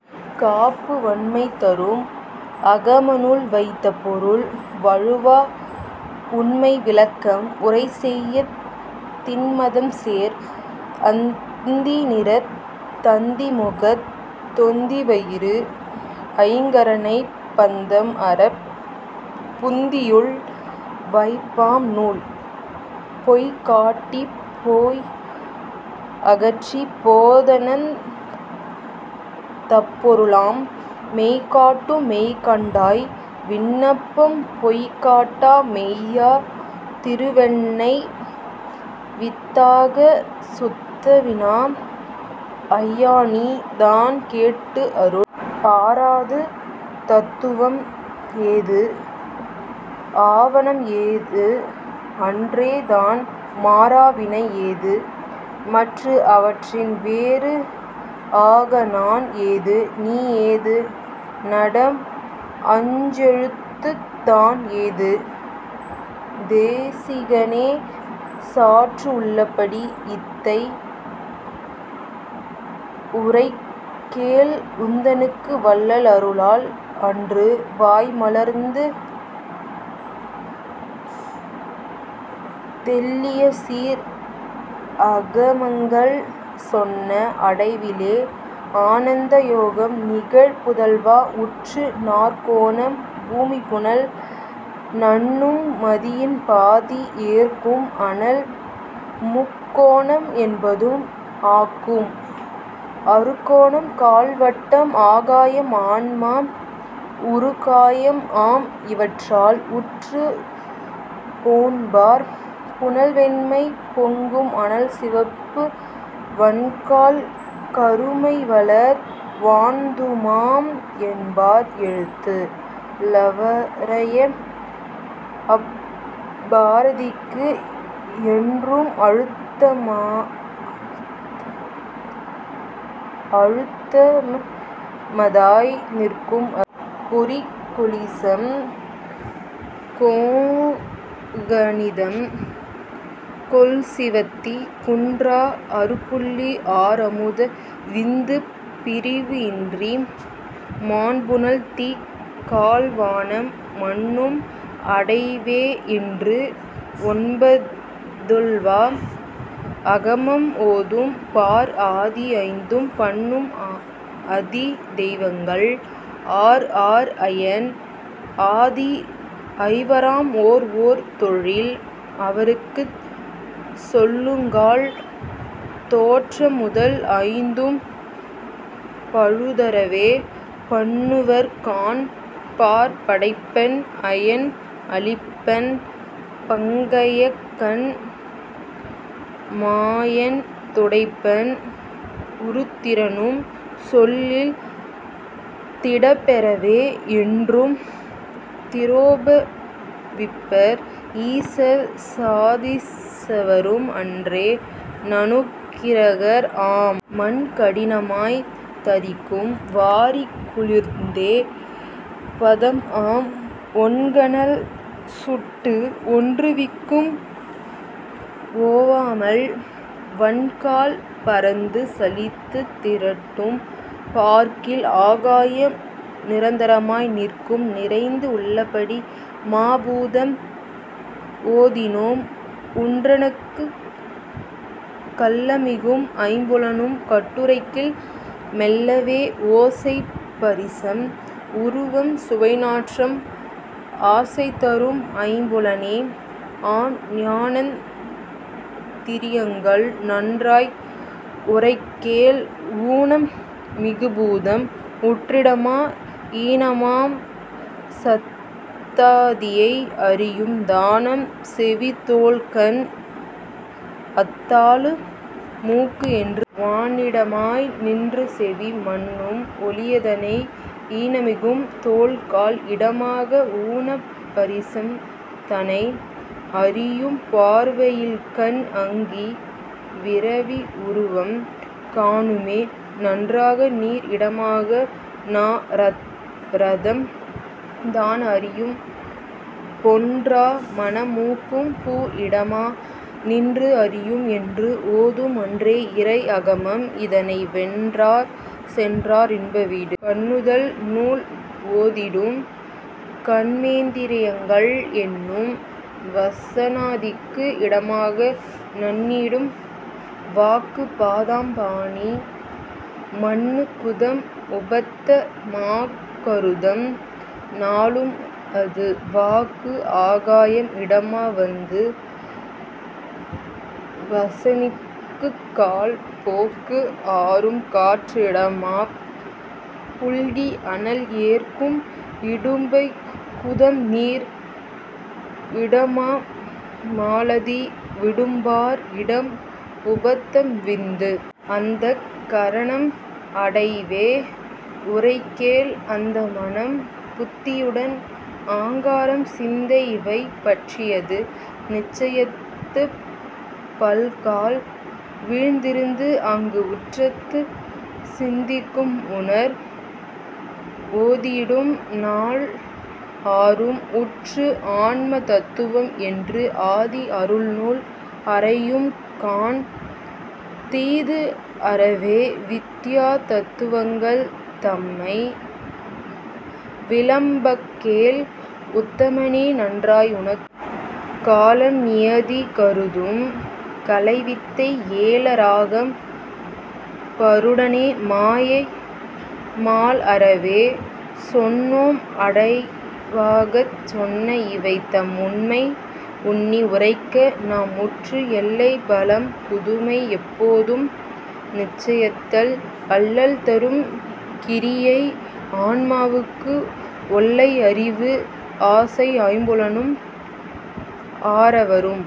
காப்பு வண்மைதரும் ஆகமநூல் வைத்த பொருள் வழுவா உண்மைவிளக்கம் உரைசெய்யத் திண்மதம்சேர் அந்திநிறத் தந்திமுகத் தொந்திவயிற்று ஐங்கரனைப் பந்தம் அறப் புந்தியுள் வைப்பாம் நூல் பொய்காட்டிப் பொய் அகற்றிப் போதானந் தப்பொருளாம் மெய்காட்டும் மெய்கண்டாய் விண்ணப்பம் பொய்காட்டா மெய்யா திருவெண்ணை வித்தகா சுத்தவினா ஐயாநீ தான் கேட்டு அருள். ஆறாறு தத்துவம் ஏது? ஆணவம் ஏது? அன்றே தான் மாறா வினை ஏது? மற்று இவற்றின் வேறு ஆகா நான் ஏது? நீ ஏது? நடம் அஞ்செழுத்துத் தான் ஏது? தேசிகனே சாற்று உள்ளபடி இத்தை உரைக்கக்கேள் உந்தனக்கு வள்ளல் அருளால் அன்று வாய்மலர்ந்து தெள்ளியசீர் ஆகமங்கள் சொன்ன அடைவிலே ஆனந்த யோகம் நிகழ் புதல்வா உற்று நாற்கோணம் பூமிபுனல் நண்ணும் மதியின்பாதி ஏற்கும் அனல் முக்கோணம் எப்போதும் ஆக்கும் அறுகோணம் கால்வட்டம் ஆகாயம் ஆன்மா உறுகாயம் ஆம் இவற்றால் உற்று பொன்பார் புனல்வெண்மை பொங்கும் அனல்சிவப்பு வன்கால் கருமைவளர் வான்தூமம் என்பார் எழுத்து லவரய அப்பாராதிக்கு என்றும் அழுத்தமதாய் நிற்கும் அது. குறிகுலிசம் கோகனதம் கொள்சுவத்தி குன்றா அறுபுள்ளி ஆர் அமுத விந்துப் பிறிவு இன்றி மண்புனல்தீக் கால்வானம் மன்னும் அடைவேஎன்று ஒண்புதல்வா ஆகமம் ஓதும். பார் ஆதி ஐந்தும் பன்னும் அதி தெய்வங்கள் ஆர் ஆர் அயன் ஆதி ஐவராம் ஓர் ஓர் தொழில் அவர்க்குச் சொல்லுங்கால் தோற்றம் முதல் ஐந்தும் பழுதறவே பண்ணுவர்காண் பார் படைப்பன் அயன் அளிப்பன் பங்கயக்கண் மாயன் துடைப்பன் உருத்திரனும் சொல்லில் திடப்பெறவே என்றும் திரோபவிப்பர் ஈசர் சதாசிவரும் அன்றே அநுக்கிரகர் ஆம். மண்கடினமாய்த் தரிக்கும் வாரிகுளிர்ந்தே பதம் ஆம் ஒண்கனல் சுட்டு ஒன்றுவிக்கும் ஓவாமல் வண்கால் பரந்து சலித்துத் திரட்டும் பார்க்கில் ஆகாயம் நிரந்தரமாய் நிற்கும் நிறைந்து. உள்ளபடி மாபூதம் ஓதினோம் உன்றனக்குக் கள்ளம்மிகும் ஐம்புலனும் கட்டுரைக்கில் மெள்ளவே ஓசை பரிசம் உருவம் சுவைநாற்றம் ஆசைதரும் ஐம்புலனே ஆம் ஞானேந் திரியங்கள் நன்றாய்க் உரைக்கக்கேள் ஊனம் மிகுபூதம் உற்றிடமா ஈனமாம் சத்தாதியை அறியும் தானம் செவிதோல்கண் அத்தாலு மூக்கு என்று அறி. வானிடமாய் நின்றுசெவி மன்னும் ஒலியதனை ஈனமிகும் தோல்கால் இடமாக ஊனப் பரிசம் தனை அறியும் பார்வையில்கண் அங்கி விரவி உருவம் காணுமே. நன்றாக நீர் இடமாக நாஇரதம் தான் அறியும் பொன்றா மணம்மூக்கும் பூ இடமா நின்று அறியும் என்று ஓதும் அன்றே இறை ஆகமம் இதனை வென்றார் சென்றார் இன்ப வீடு. கண்நுதல் நூல் ஓதியிடும் கன்மேந்திரியங்கள் எண்ணும் வசனாதிக்கு இடமாக நண்ணியிடும் வாக்குப் பாதம்பாணி மன்னு குதம் உபத்த மாக்கருதும் நாளும் அது. வாக்கு ஆகாயம் இடமா வந்து வசனிக்குக்கால் போக்கு ஆரும் காற்று இடமாப் புல்கி அனல் ஏற்கும் இடும்பை குதம் நீர் இடமா மலாதி விடும்பார் இடம் உபத்தம் விந்து. அந்தக் கரணம் அடைவே உரைக்ககேள் அந்தமனம் புத்தியுடன் ஆங்காரம் சிந்தை இவை பற்றியது நிச்சயித்துப் பல்கால் எழுந்திருந்து அங்கு உற்றது சிந்திக்கும் உணர். ஓதியிடும் நால் ஆறும் உற்று ஆன்ம தத்துவம் என்று ஆதி அருள்நூல் அறையும்காண் தீது அறவே வித்தியா தத்துவங்கள் தம்மை விளம்ப்பக்கேள் உத்தமனே நன்றாய் உனக்கு. காலம்நியதி கருதும் கலைவித்தை ஏல இராகம் புருடனே மாயை மால் அறவே சொன்னோம் அடைவாகச் சொன்ன இவை தம் உண்மை உன்னி உரைக்க நாம் உற்று எல்லை பலம் புதுமை எப்போதும் நிச்சயித்தல் அல்லல் தரும் கிரியை ஆன்மாவுக்கு ஒல்லை அறிவு ஆசை ஐம்புலனும் ஆரவரும்